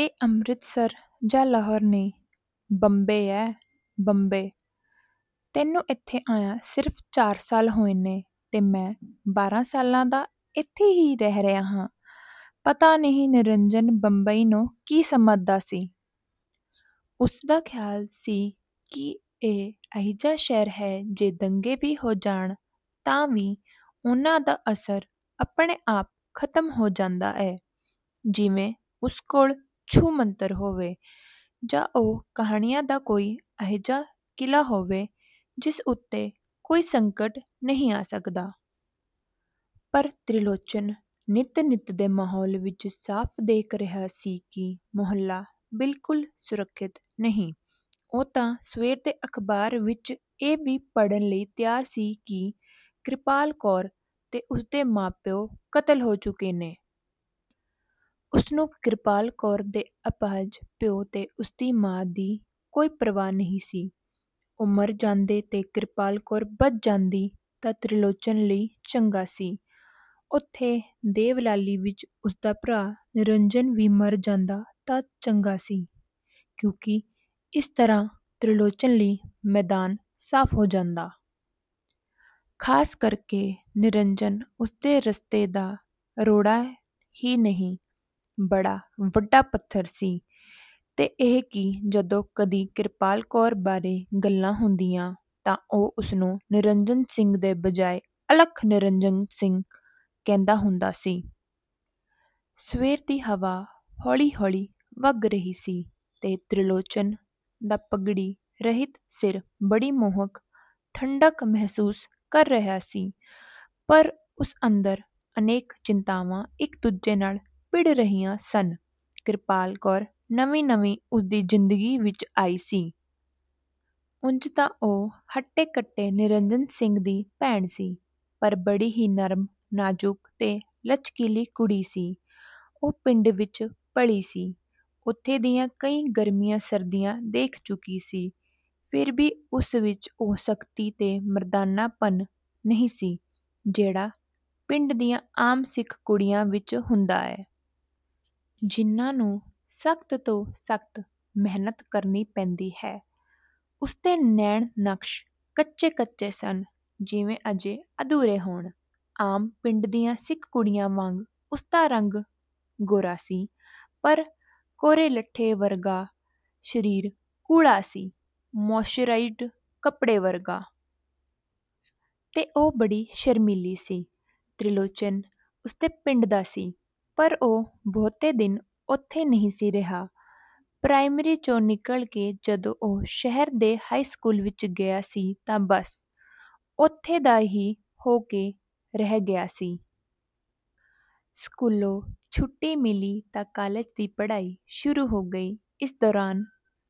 ਇਹ ਅੰਮ੍ਰਿਤਸਰ ਜਾਂ ਲਾਹੌਰ ਨਹੀਂ, ਬੰਬੇ ਐ, ਬੰਬੇ! ਤੈਨੂੰ ਇੱਥੇ ਆਇਆਂ ਸਿਰਫ਼ ਚਾਰ ਸਾਲ ਹੋਏ ਨੇ ਤੇ ਮੈਂ ਬਾਰ੍ਹਾਂ ਸਾਲਾਂ ਦਾ ਇੱਥੇ ਈ ਰਹਿ ਰਿਹਾਂ ਹਾਂ। 'ਪਤਾ ਨਹੀਂ ਨਿਰੰਜਨ ਬੰਬਈ ਨੂੰ ਕੀ ਸਮਝਦਾ ਸੀ। ਉਸਦਾ ਖਿਆਲ ਸੀ ਕਿ ਇਹ ਅਜਿਹਾ ਸ਼ਹਿਰ ਹੈ ਜੇ ਦੰਗੇ ਹੋ ਵੀ ਜਾਣ ਤਾਂ ਵੀ ਉਹਨਾਂ ਦਾ ਅਸਰ ਆਪਣੇ-ਆਪ ਖਤਮ ਹੋ ਜਾਂਦਾ ਏ, ਜਿਵੇਂ ਉਸ ਕੋਲ ਛੂ ਮੰਤਰ ਹੋਵੇ, ਜਾਂ ਉਹ ਕਹਾਣੀਆਂ ਦਾ ਕੋਈ ਅਜਿਹਾ ਕਿਲਾ ਹੋਵੇ, ਜਿਸ ਉੱਤੇ ਕੋਈ ਸੰਕਟ ਨਹੀਂ ਆ ਸਕਦਾ। ਪਰ ਤਿਰਲੋਚਨ ਨਿੱਤ-ਨਿੱਤ ਦੇ ਮਾਹੌਲ ਵਿਚ ਸਾਫ਼ ਦੇਖ ਰਿਹਾ ਸੀ ਕਿ ਮੁਹੱਲਾ ਬਿਲਕੁਲ ਸੁਰੱਖਿਅਤ ਨਹੀਂ। ਉਹ ਤਾਂ ਸਵੇਰ ਦੇ ਅਖ਼ਬਾਰ ਵਿਚ ਇਹ ਵੀ ਪੜ੍ਹਨ ਲਈ ਤਿਆਰ ਸੀ ਕਿ ਕਿਰਪਾਲ ਕੌਰ ਤੇ ਉਸਦੇ ਮਾਂ-ਪਿਉ ਕਤਲ ਹੋ ਚੁੱਕੇ ਨੇ। ਉਸਨੂੰ ਕਿਰਪਾਲ ਕੌਰ ਦੇ ਅਪਾਹਜ ਪਿਉ ਤੇ ਉਸਦੀ ਮਾਂ ਦੀ ਕੋਈ ਪ੍ਰਵਾਹ ਨਹੀਂ ਸੀ। ਉਹ ਮਰ ਜਾਂਦੇ ਤੇ ਕਿਰਪਾਲ ਕੌਰ ਬਚ ਜਾਂਦੀ ਤਾਂ ਤਿਰਲੋਚਨ ਲਈ ਚੰਗਾ ਸੀ। ਉੱਥੇ ਦੇਵਲਾਲੀ ਵਿਚ ਉਸਦਾ ਭਰਾ ਨਿਰੰਜਨ ਵੀ ਮਰ ਜਾਂਦਾ ਤਾਂ ਚੰਗਾ ਸੀ, ਕਿਉਂਕਿ ਇਸ ਤਰ੍ਹਾਂ ਤਿਰਲੋਚਨ ਲਈ ਮੈਦਾਨ ਸਾਫ਼ ਹੋ ਜਾਂਦਾ। ਖਾਸ ਕਰਕੇ ਨਿਰੰਜਨ ਉਸਦੇ ਰਸਤੇ ਦਾ ਰੋੜਾ ਹੀ ਨਹੀਂ, ਬੜਾ ਵੱਡਾ ਪੱਥਰ ਸੀ। ਤੇ ਇਹ ਕਿ ਜਦੋਂ ਕਦੀ ਕਿਰਪਾਲ ਕੌਰ ਬਾਰੇ ਗੱਲਾਂ ਹੁੰਦੀਆਂ ਤਾਂ ਉਹ ਉਸਨੂੰ ਨਿਰੰਜਨ ਸਿੰਘ ਦੀ ਬਜਾਏ ਅਲਖ ਨਿਰੰਜਨ ਸਿੰਘ ਕਹਿੰਦਾ ਹੁੰਦਾ ਸੀ। ਸਵੇਰ ਦੀ ਹਵਾ ਹੌਲੀ-ਹੌਲੀ ਵਗ ਰਹੀ ਸੀ ਤੇ ਤਿਰਲੋਚਨ ਦਾ ਪੱਗੜੀ ਰਹਿਤ ਸਿਰ ਬੜੀ ਮੋਹਕ ਠੰਢਕ ਮਹਿਸੂਸ ਕਰ ਰਿਹਾ ਸੀ। ਪਰ ਉਸ ਅੰਦਰ ਅਨੇਕਾਂ ਚਿੰਤਾਵਾਂ ਇਕ ਦੂਜੇ ਨਾਲ ਭਿੜ ਰਹੀਆਂ ਸਨ। ਕਿਰਪਾਲ ਕੌਰ ਨਵੀਂ-ਨਵੀਂ ਉਸਦੀ ਜ਼ਿੰਦਗੀ ਵਿਚ ਆਈ ਸੀ। ਉਂਜ ਤਾਂ ਉਹ ਹੱਟੇ-ਕੱਟੇ ਨਿਰੰਜਨ ਸਿੰਘ ਦੀ ਭੈਣ ਸੀ, ਪਰ ਬੜੀ ਹੀ ਨਰਮ, ਨਾਜ਼ੁਕ ਤੇ ਲਚਕੀਲੀ ਕੁੜੀ ਸੀ। ਉਹ ਪਿੰਡ ਵਿਚ ਪਲੀ ਸੀ। ਉੱਥੋਂ ਦੀਆਂ ਕਈ ਗਰਮੀਆਂ-ਸਰਦੀਆਂ ਦੇਖ ਚੁੱਕੀ ਸੀ, ਫੇਰ ਵੀ ਉਸ ਵਿਚ ਉਹ ਸਖਤੀ ਤੇ ਮਰਦਾਨਾਪਨ ਨਹੀਂ ਸੀ, ਜਿਹੜਾ ਪਿੰਡ ਦੀਆਂ ਆਮ ਸਿੱਖ ਕੁੜੀਆਂ ਵਿਚ ਹੁੰਦਾ ਹੈ। ਜਿਹਨਾਂ ਨੂੰ ਸਖ਼ਤ ਤੋਂ ਸਖ਼ਤ ਮਿਹਨਤ ਕਰਨੀ ਪੈਂਦੀ ਹੈ। ਉਸਦੇ ਨੈਣ-ਨਕਸ਼ ਕੱਚੇ-ਕੱਚੇ ਸਨ, ਜਿਵੇਂ ਅਜੇ ਅਧੂਰੇ ਹੋਣ। ਆਮ ਪਿੰਡ ਦੀਆ ਸਿੱਖ ਕੁੜੀਆਂ ਵਾਂਗ ਉਸਦਾ ਰੰਗ ਗੋਰਾ ਸੀ, ਪਰ ਕੋਰੇ ਲੱਠੇ ਵਰਗਾ, ਸਰੀਰ ਕੂਲਾ ਸੀ, ਮਰਸਰਾਈਜ਼ਡ ਕੱਪੜੇ ਵਰਗਾ। ਤੇ ਉਹ ਬੜੀ ਸ਼ਰਮੀਲੀ ਸੀ। ਤਿਰਲੋਚਨ ਉਸਦੇ ਪਿੰਡ ਦਾ ਸੀ, ਪਰ ਉਹ ਬਹੁਤੇ ਦਿਨ ਉੱਥੇ ਨਹੀਂ ਸੀ ਰਿਹਾ। ਪ੍ਰਾਇਮਰੀ 'ਚੋਂ ਨਿਕਲ ਕੇ ਜਦੋਂ ਉਹ ਸ਼ਹਿਰ ਦੇ ਹਾਈ ਸਕੂਲ ਵਿਚ ਗਿਆ ਸੀ ਤਾਂ ਬੱਸ, ਉੱਥੋਂ ਦਾ ਹੀ ਹੋ ਕੇ ਰਹਿ ਗਿਆ ਸੀ। ਸਕੂਲੋਂ ਛੁੱਟੀ ਮਿਲੀ ਤਾਂ ਕਾਲਜ ਦੀ ਪੜ੍ਹਾਈ ਸ਼ੁਰੂ ਹੋ ਗਈ। ਇਸ ਦੌਰਾਨ